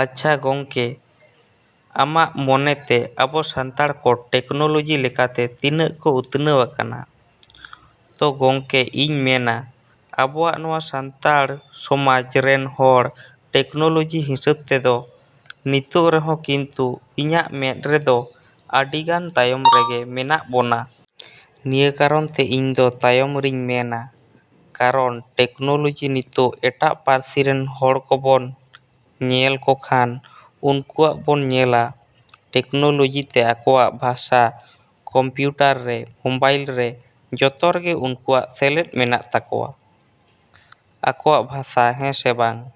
‎ᱟᱪᱪᱷᱟ ᱜᱚᱢᱠᱮ, ᱟᱢᱟᱜ ᱢᱚᱱᱮᱛᱮ ᱟᱵᱚ ᱥᱟᱱᱛᱟᱲ ᱠᱚ ᱴᱮᱠᱱᱳᱞᱚᱡᱤ ᱞᱮᱠᱟᱛᱮ ᱛᱤᱱᱟᱹᱜ ᱠᱚ ᱩᱛᱱᱟᱹᱣ ᱟᱠᱟᱱᱟ? ᱛᱳ ᱜᱚᱢᱠᱮ, ᱤᱧ ᱢᱮᱱᱟ ᱟᱵᱚᱣᱟᱜ ᱱᱚᱣᱟ ᱥᱟᱱᱛᱟᱲ ᱥᱚᱢᱟᱡᱽ ᱨᱮᱱ ᱦᱚᱲ ᱴᱮᱠᱱᱳᱞᱚᱡᱤ ᱦᱤᱥᱟᱹᱵ ᱛᱮᱫᱚ ᱱᱤᱛᱚᱜ ᱨᱮᱦᱚᱸ ᱠᱤᱱᱛᱩ ᱤᱧᱟᱹᱜ ᱢᱮᱫ ᱨᱮᱫᱚ ᱟᱹᱰᱤᱜᱟᱱ ᱛᱟᱭᱚᱢ ᱨᱮᱜᱮ ᱢᱮᱱᱟᱜ ᱵᱚᱱᱟ᱾ ᱱᱤᱭᱟᱹ ᱠᱟᱨᱚᱱᱛᱮ ᱤᱧᱫᱚ ᱛᱟᱭᱚᱢ ᱨᱤᱧ ᱢᱮᱱᱟ ᱠᱟᱨᱚᱱ ᱴᱮᱠᱱᱳᱞᱚᱡᱤ ᱱᱤᱛᱚᱜ ᱮᱴᱟᱜ ᱯᱟᱹᱨᱥᱤ ᱨᱮᱱ ᱦᱚᱲ ᱠᱚᱵᱚᱱ ᱧᱮᱞ ᱠᱚᱠᱷᱟᱱ ᱩᱱᱠᱩᱣᱟᱜ ᱵᱚᱱ ᱧᱮᱞᱟ ᱴᱮᱠᱱᱳᱞᱚᱡᱤ ᱛᱮ ᱟᱠᱚᱣᱟᱜ ᱵᱷᱟᱥᱟ ᱠᱚᱢᱯᱤᱭᱩᱴᱟᱨ ᱨᱮ, ᱢᱳᱵᱟᱭᱤᱞ ᱨᱮ, ᱡᱚᱛᱚ ᱨᱮᱜᱮ ᱩᱱᱠᱩᱣᱟᱜ ᱥᱮᱞᱮᱫ ᱢᱮᱱᱟᱜ ᱛᱟᱠᱚᱣᱟ, ᱟᱠᱚᱣᱟᱜ ᱵᱷᱟᱥᱟ ᱦᱮᱸᱥᱮ ᱵᱟᱝ?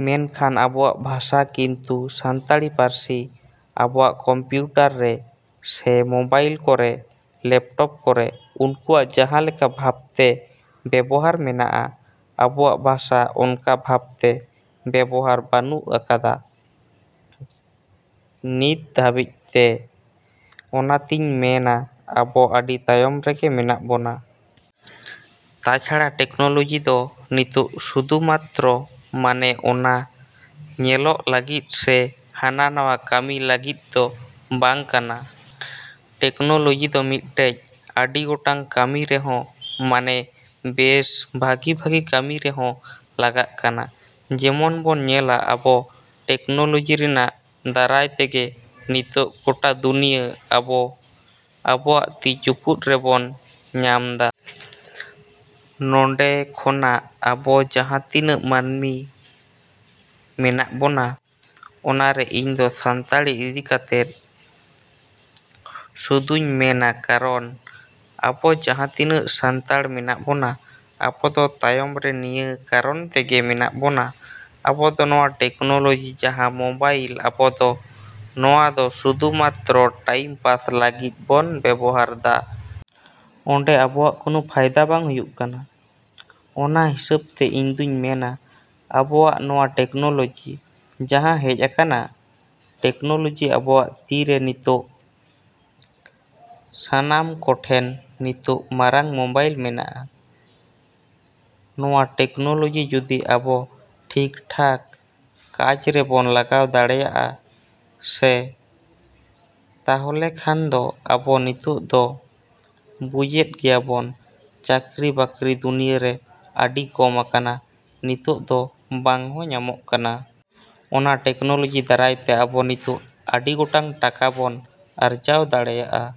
ᱢᱮᱱᱠᱷᱟᱱ ᱟᱵᱚᱣᱟᱜ ᱵᱷᱟᱥᱟ ᱠᱤᱱᱛᱩ ᱥᱟᱱᱛᱟᱲᱤ ᱯᱟᱹᱨᱥᱤ ᱟᱵᱚᱣᱟᱜ ᱠᱚᱢᱯᱤᱭᱩᱴᱟᱨ ᱨᱮ ᱥᱮ ᱢᱳᱵᱟᱭᱤᱞ ᱠᱚᱨᱮ, ᱞᱮᱯᱴᱚᱯ ᱠᱚᱨᱮ ᱩᱱᱠᱩᱣᱟᱜ ᱡᱟᱦᱟᱸ ᱞᱮᱠᱟ ᱵᱷᱟᱵᱽᱛᱮ ᱵᱮᱵᱚᱦᱟᱨ ᱢᱮᱱᱟᱜᱼᱟ, ᱟᱵᱚᱣᱟᱜ ᱵᱷᱟᱥᱟ ᱚᱱᱠᱟ ᱵᱷᱟᱵᱽᱛᱮ ᱵᱮᱵᱚᱦᱟᱨ ᱵᱟ.ᱱᱩᱜ ᱠᱟᱫᱟ ᱱᱤᱛᱚᱜ ᱫᱷᱟᱹᱵᱤᱡᱛᱮ᱾ ᱚᱱᱟᱛᱤᱧ ᱢᱮᱱᱟ ᱟᱵᱚ ᱟᱹᱰᱤ ᱛᱟᱭᱚᱢ ᱨᱮᱜᱮ ᱢᱮᱱᱟᱜ ᱵᱚᱱᱟ᱾ ᱛᱟᱪᱷᱟᱲᱟ ᱴᱮᱠᱱᱚᱞᱚᱡᱤ ᱫᱚ ᱱᱤᱛᱚᱜ ᱥᱩᱫᱷᱩ ᱢᱟᱛᱨᱚ ᱢᱟᱱᱮ ᱚᱱᱟ ᱧᱮᱞᱚᱜ ᱞᱟᱹᱜᱤᱫ ᱥᱮ ᱦᱟᱱᱟ ᱱᱚᱣᱟ ᱠᱟᱹᱢᱤ ᱞᱟᱹᱜᱤᱫ ᱫᱚ ᱵᱟᱝ ᱠᱟᱱᱟ᱾ ᱴᱮᱠᱱᱳᱞᱚᱡᱤ ᱫᱚ ᱢᱤᱫᱴᱮᱡ ᱟᱹᱰᱤ ᱜᱚᱴᱟᱝ ᱠᱟᱹᱢᱤ ᱨᱮᱦᱚᱸ ᱢᱟᱱᱮ ᱵᱮᱥ ᱵᱷᱟᱹᱜᱤᱼᱵᱷᱟᱹᱜᱤ ᱠᱟᱹᱢᱤ ᱨᱮᱦᱚᱸ ᱞᱟᱜᱟᱜ ᱠᱟᱱᱟ᱾ ᱡᱮᱢᱚᱱ ᱵᱚᱱ ᱧᱮᱞᱟ ᱟᱵᱚ ᱴᱮᱠᱱᱳᱞᱚᱡᱤ ᱨᱮᱱᱟᱜ ᱫᱟᱨᱟᱭ ᱛᱮᱜᱮ ᱱᱤᱛᱚᱜ ᱜᱚᱴᱟ ᱫᱩᱱᱤᱭᱟᱹ ᱟᱵᱚ ᱟᱵᱚᱣᱟᱜ ᱛᱤ ᱪᱩᱯᱩᱫ ᱨᱮᱵᱚᱱ ᱧᱟᱢᱫᱟ᱾ ᱱᱚᱸᱰᱮ ᱠᱷᱚᱱᱟᱜ ᱟᱵᱚ ᱡᱟᱦᱟᱸ ᱛᱤᱱᱟᱹᱜ ᱢᱟᱹᱱᱢᱤ ᱢᱮᱱᱟᱜ ᱵᱚᱱᱟ, ᱚᱱᱟᱨᱮ ᱤᱧᱫᱚ ᱥᱟᱱᱛᱟᱲᱤ ᱤᱫᱤ ᱠᱟᱛᱮᱫ ᱥᱩᱫᱷᱩᱧ ᱢᱮᱱᱟ ᱠᱟᱨᱚᱱ ᱟᱵᱚ ᱡᱟᱦᱟᱸ ᱛᱤᱱᱟᱹᱜ ᱥᱟᱱᱛᱟᱲ ᱢᱮᱱᱟᱜ ᱵᱚᱱᱟ, ᱟᱵᱚ ᱫᱚ ᱛᱟᱭᱚᱢ ᱨᱮ ᱱᱤᱭᱟᱹ ᱠᱟᱨᱚᱱ ᱛᱮᱜᱮ ᱢᱮᱱᱟᱜ ᱵᱚᱱᱟ ,ᱟᱵᱚᱫᱚ ᱱᱚᱣᱟ ᱴᱮᱠᱱᱳᱞᱚᱡᱤ ᱡᱟᱦᱟᱸ ᱢᱳᱵᱟᱭᱤᱞ, ᱟᱵᱚᱫᱚ ᱱᱚᱣᱟᱫᱚ ᱥᱩᱫᱷᱩ ᱢᱟᱛᱨᱚ ᱴᱟᱭᱤᱢ ᱯᱟᱥ ᱞᱟᱹᱜᱤᱫ ᱵᱚᱱ ᱵᱮᱵᱚᱦᱟᱨᱫᱟ᱾ ᱚᱸᱰᱮ ᱟᱵᱚᱣᱟᱜ ᱠᱳᱱᱳ ᱯᱷᱟᱭᱫᱟ ᱵᱟᱝ ᱦᱩᱭᱩᱜ ᱠᱟᱱᱟ᱾ ᱚᱱᱟ ᱦᱤᱥᱟᱹᱵᱛᱮ ᱤᱧᱫᱩᱧ ᱢᱮᱱᱟ ᱟᱵᱚᱣᱟᱜ ᱱᱚᱣᱟ ᱴᱮᱠᱱᱳᱞᱚᱡᱤ ᱡᱟᱦᱟᱸ ᱦᱮᱡ ᱟᱠᱟᱱᱟ, ᱴᱮᱠᱱᱳᱞᱚᱡᱤ ᱟᱵᱚᱣᱟᱜ ᱛᱤ ᱨᱮ ᱱᱤᱛᱚᱜ ᱥᱟᱱᱟᱢ ᱠᱚᱴᱷᱮᱱ ᱱᱤᱛᱚᱜ ᱢᱟᱨᱟᱝ ᱢᱳᱵᱟᱭᱤᱞ ᱢᱮᱱᱟᱜᱼᱟ᱾ ᱱᱚᱣᱟ ᱴᱮᱠᱱᱳᱞᱚᱡᱤ ᱡᱩᱫᱤ ᱟᱵᱚ ᱴᱷᱤᱠ ᱴᱷᱟᱠ ᱠᱟᱡᱽ ᱨᱮᱵᱚᱱ ᱞᱟᱜᱟᱣ ᱫᱟᱲᱮᱭᱟᱜᱼᱟ ᱥᱮ, ᱛᱟᱦᱞᱮ ᱠᱷᱟᱱ ᱫᱚ ᱟᱵᱚ ᱱᱤᱛᱚᱜ ᱫᱚ ᱵᱩᱡᱽ ᱮᱫ ᱜᱮᱭᱟᱵᱚᱱ ᱪᱟᱹᱠᱨᱤ ᱵᱟᱹᱠᱨᱤ ᱫᱩᱱᱭᱟᱹᱨᱮ ᱟᱹᱰᱤ ᱠᱚᱢ ᱟᱠᱟᱱᱟ, ᱱᱤᱛᱚᱜ ᱫᱚ ᱵᱟᱝᱦᱚᱸ ᱧᱟᱢᱚᱜ ᱠᱟᱱᱟ᱾ ᱚᱱᱟ ᱴᱮᱠᱱᱳᱞᱚᱡᱤ ᱫᱟᱨᱟᱭᱛᱮ ᱟᱵᱚ ᱱᱤᱛᱚᱜ ᱟᱹᱰᱤ ᱜᱚᱴᱟᱝ ᱴᱟᱠᱟ ᱵᱚᱱ ᱟᱨᱡᱟᱣ ᱫᱟᱲᱮᱭᱟᱜ ᱼ ᱟ᱾